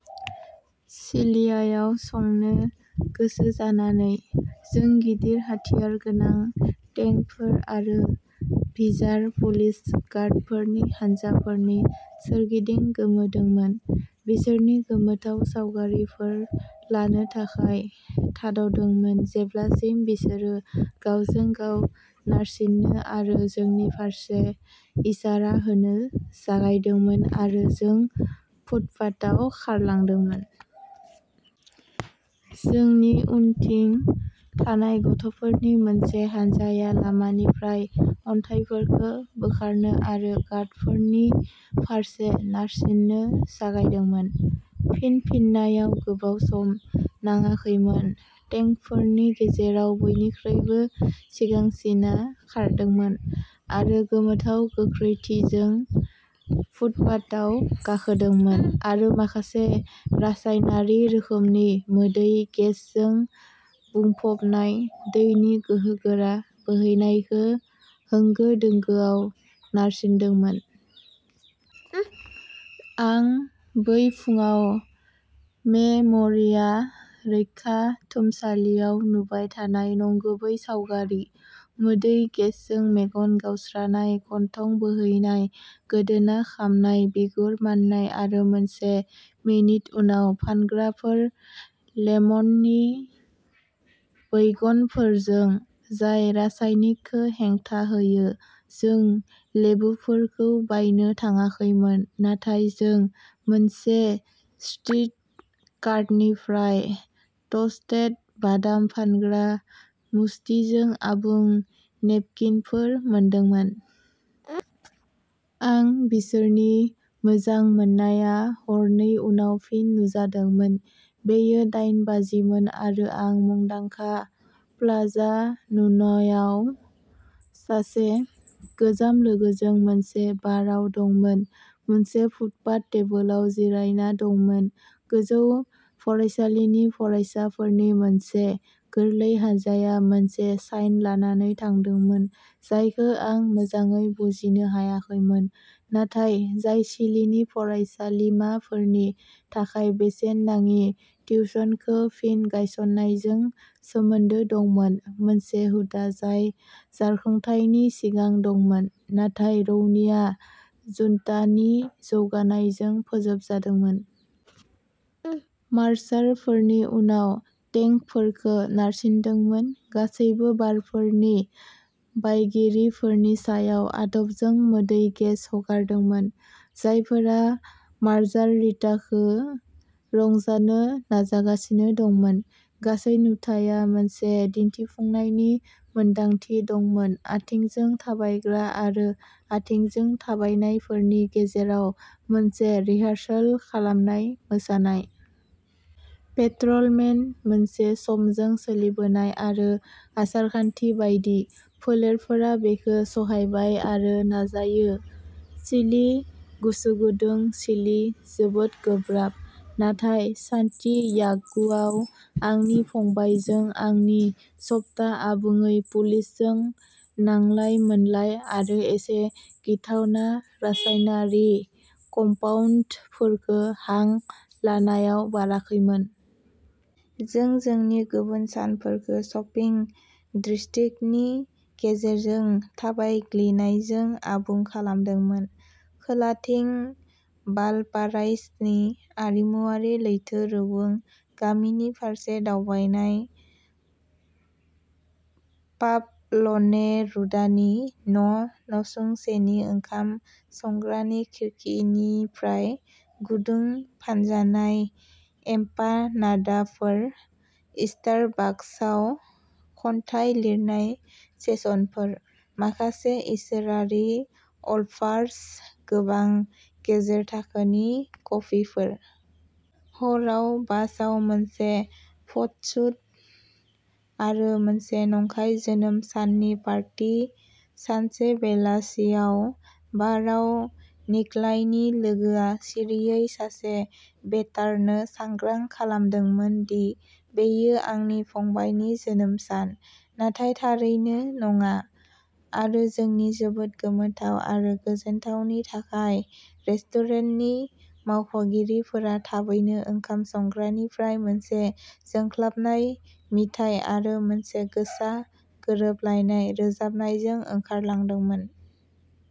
चिलीयाआव संनो गोसो जानानै, जों गिदिर हाथियारगोनां टेंकफोर आरो भिजार पुलिस गार्डफोरनि हानजाफोरनि सोरगिदिं गोमोदोंमोन, बिसोरनि गोमोथाव सावगारिफोर लानो थाखाय थाद'दोंमोन जेब्लासिम बिसोरो गावजों-गाव नारसिन्नो आरो जोंनि फारसे इसारा होनो जागायदोंमोन आरो जों फुटपाथआव खारलांदोंमोन। जोंनि उनथिं थानाय गथ'फोरनि मोनसे हानजाया लामानिफ्राय अन्थाइफोरखौ बोखारनो आरो गार्डफोरनि फारसे नारसिन्नो जागायदोंमोन। फिन फिननायाव गोबाव सम नाङाखैमोन टेंकफोरनि गेजेराव बयनिख्रुइबो सिगांसिनआ खारदोंमोन, आरो गोमोथाव गोख्रैथिजों फुटपाथआव गाखोदोंमोन आरो माखासे रासायनारि रोखोमनि मोदै गेसजों बुंफबनाय दैनि गोहोगोरा बोहैनायखौ होंगो-दोंगोआव नारसिन्दोंमोन। आं बै फुंआव मेम'रिया रैखाथुमसालियाव नुबाय थानाय नंगुबै सावगारि। मोदै गेसजों मेगन गावस्रानाय, गन्थं बोहैनाय, गोदोना खामनाय, बिगुर माननाय आरो मोनसे मिनिट उनाव, फानग्राफोर लेमननि वैगनफोरजों, जाय रासायनिकखौ हेंथा होयो। जों लेबुफोरखौ बायनो थांङाखैमोन, नाथाय जों मोनसे स्ट्रीट कार्टनिफ्राय टस्टेड बादाम फानग्रा मुष्टिजों आबुं नेपकिनफोर मोनदोंमोन! आं बिसोरनि मोजां मोननाया हरनै उनाव फिन नुजादोंमोन। बेयो दाइन बाजिमोन आरो आं मुंदांखा प्ला प्लाजा नुन'याव सासे गोजाम लोगोजों मोनसे बारआव दंमोन, मोनसे फुटपाथ टेबोलाव जिरायना दंमोन। गोजौ फरायसालिनि फरायसाफोरनि मोनसे गोरलै हानजाया मोनसे साइन लानानै थांदोंमोन जायखौ आं मोजाङै बुजिनो हायाखैमोन, नाथाय जाय चिलीनि फरायसालिमाफोरनि थाखाय बेसेन नाङि टिउशनखौ फिन गायसननायजों सोमोन्दो दंमोन, मोनसे हुदा जाय जारखुंथायनि सिगां दंमोन नाथाय रौनिया जुन्टानि जौगानायजों फोजोबजादोंमोन। मार्चारफोरनि उनाव टेंकफोरखौ नारसिंदोंमोन, गासैबो बारफोरनि बायगिरिफोरनि सायाव आदबजों मोदै गेस हगारदोंमोन, जायफोरा मार्जारिताखौ रंजानो नाजागासिनो दंमोन। गासै नुथाया मोनसे दिन्थिफुंनायनि मोनदांथि दंमोन आथिंजों थाबायग्रा आरो आथिंजों थाबायनायफोरनि गेजेराव मोनसे रिहार्सल खालामनाय मोसानाय। पेट्रलमेन, मोनसे समजों सोलिबोनाय आरो आसार-खान्थि बायदि। फोलेरफोरा बेखौ सहायबाय आरो नाजायो। चिलि, गोसो गुदुं, चिलि, जोबोद गोब्राब। नाथाय, सान्टियागोआव आंनि फंबायजों आंनि सप्ता आबुङै पुलिसजों नांलाय-मोनलाय आरो एसे गिथावना रासायनारि कम्पाउन्डफोरखौ हां लानायाव बाराखैमोन। जों जोंनि गुबुन सानफोरखौ शपिं डिस्ट्रिक्टनि गेजेरजों थाबायग्लिनायजों आबुं खालामदोंमोन, खोलाथिं वालपाराइस'नि आरिमुआरि लैथो रुगुं गामिनि फारसे दावबायनाय, पाब्ल'नेरुदानि न', नसुंसेनि ओंखाम संग्रानि खिरखिनिफ्राय गुदुं फानजानाय एम्पानाडाफोर, स्टारबाकसआव खन्थाइ लिरनाय सेसनफोर। माखासे इसोरारि अल्फाज'र्स, गोबां गेजेर थाखोनि कफिफोर। हराव बासआव मोनसे फटसुट आरो मोनसे नंखाय जोनोम साननि पार्टी सानसे बेलासियाव बारआव निक'लाइनि लोगोआ सिरियै सासे वेटारनो सांग्रां खालामदोंमोन दि बेयो आंनि फंबायनि जोनोम सान, नाथाय थारैनो नङा, आरो जोंनि जोबोद गोमोथाव आरो गोजोनथावनि थाखाय रेस्टुरेन्टनि मावख'गिरिफोरा थाबैनो ओंखाम संग्रानिफ्राय मोनसे जोंख्लाबनाय मिथाइ आरो मोनसे गोसा, गोरोबलायनाय रोजाबनायजों ओंखारलांदोंमोन।